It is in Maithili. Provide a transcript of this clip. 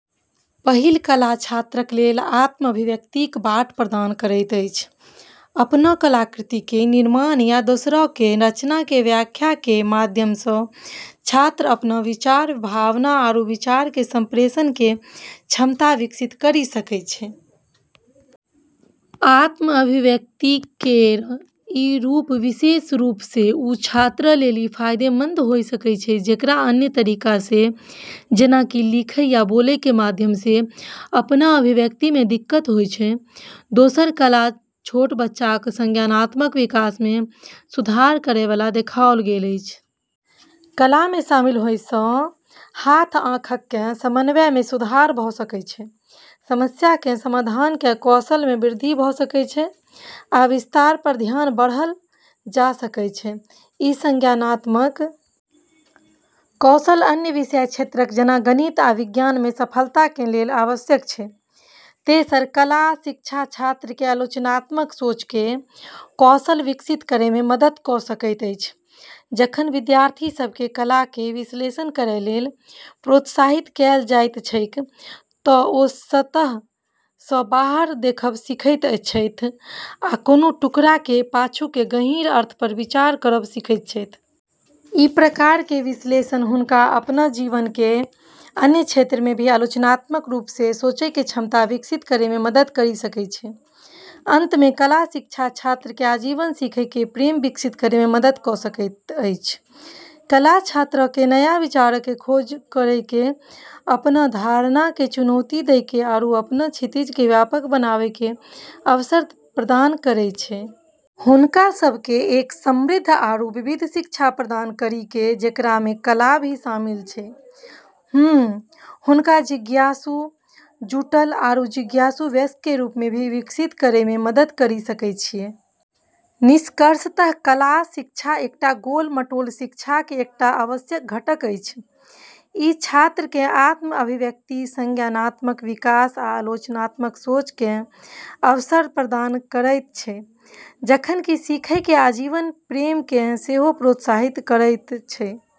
पहिल कला छात्रक लेल आत्म अभिव्यक्तिक बाट प्रदान करैत अछि। अपनऽ कलाकृति के निर्माण या दोसरऽ के रचना के व्याख्या के माध्यम स॑ छात्र अपनऽ विचार, भावना आरू विचार के संप्रेषण के क्षमता विकसित करी सकै छै। आत्म-अभिव्यक्ति केरऽ ई रूप विशेष रूप से उ छात्रऽ लेली फायदेमंद होय सकै छै जेकरा अन्य तरीका से जेना कि लिखै या बोलै के माध्यम से अपनऽ अभिव्यक्ति मे दिक्कत होय छै। दोसर, कला छोट बच्चाक संज्ञानात्मक विकास मे सुधार करय वाला देखाओल गेल अछि. कला मे शामिल होय सं हाथ-आँखक कें समन्वय मे सुधार भ सकय छै, समस्याक कें समाधान कें कौशल मे वृद्धि भ सकय छै आ विस्तार पर ध्यान बढ़ल जा सकय छै, इ संज्ञानात्मक कौशल अन्य विषय क्षेत्रक जेना गणित आ विज्ञान मे सफलता कें लेल आवश्यक छै, तेसर कला शिक्षा छात्र के आलोचनात्मक सोच के कौशल विकसित करय में मदद क सकैत अछि जखन विद्यार्थी सब के कला के विश्लेषण करय लेल प्रोत्साहित कयल जाइत छैक त ओ सतह स बाहर देखब सीखैत छथि आ कोनो टुकड़ा के पाछू के गहींर अर्थ पर विचार करब सीखैत छथि। ई प्रकार के विश्लेषण हुनका अपनऽ जीवन के अन्य क्षेत्रऽ मे भी आलोचनात्मक रूप से सोचै के क्षमता विकसित करै मे मदद करी सकै छै। अंत में कला शिक्षा छात्र के आजीवन सीखय के प्रेम विकसित करय में मदद क सकैत अछि, कला छात्रऽ के नया विचारऽ के खोज करै के, अपनऽ धारणा के चुनौती दै के, आरू अपनऽ क्षितिज के व्यापक बनाबै के अवसर प्रदान करै छै। हुनका सब के एक समृद्ध आरू विविध शिक्षा प्रदान करी के जेकरा मे कला भी शामिल छै, हम्म हुनका जिज्ञासु, जुटलऽ आरू जिज्ञासु वयस्क के रूप मे विकसित करै मे मदद करी सकै छियै। निष्कर्षतः कला शिक्षा एकटा गोल-मटोल शिक्षाक एकटा आवश्यक घटक अछि। इ छात्रक कें आत्म-अभिव्यक्ति, संज्ञानात्मक विकास आ आलोचनात्मक सोच कें अवसर प्रदान करयत छै जखन कि सीखय कें आजीवन प्रेम कें सेहो प्रोत्साहित करयत छै।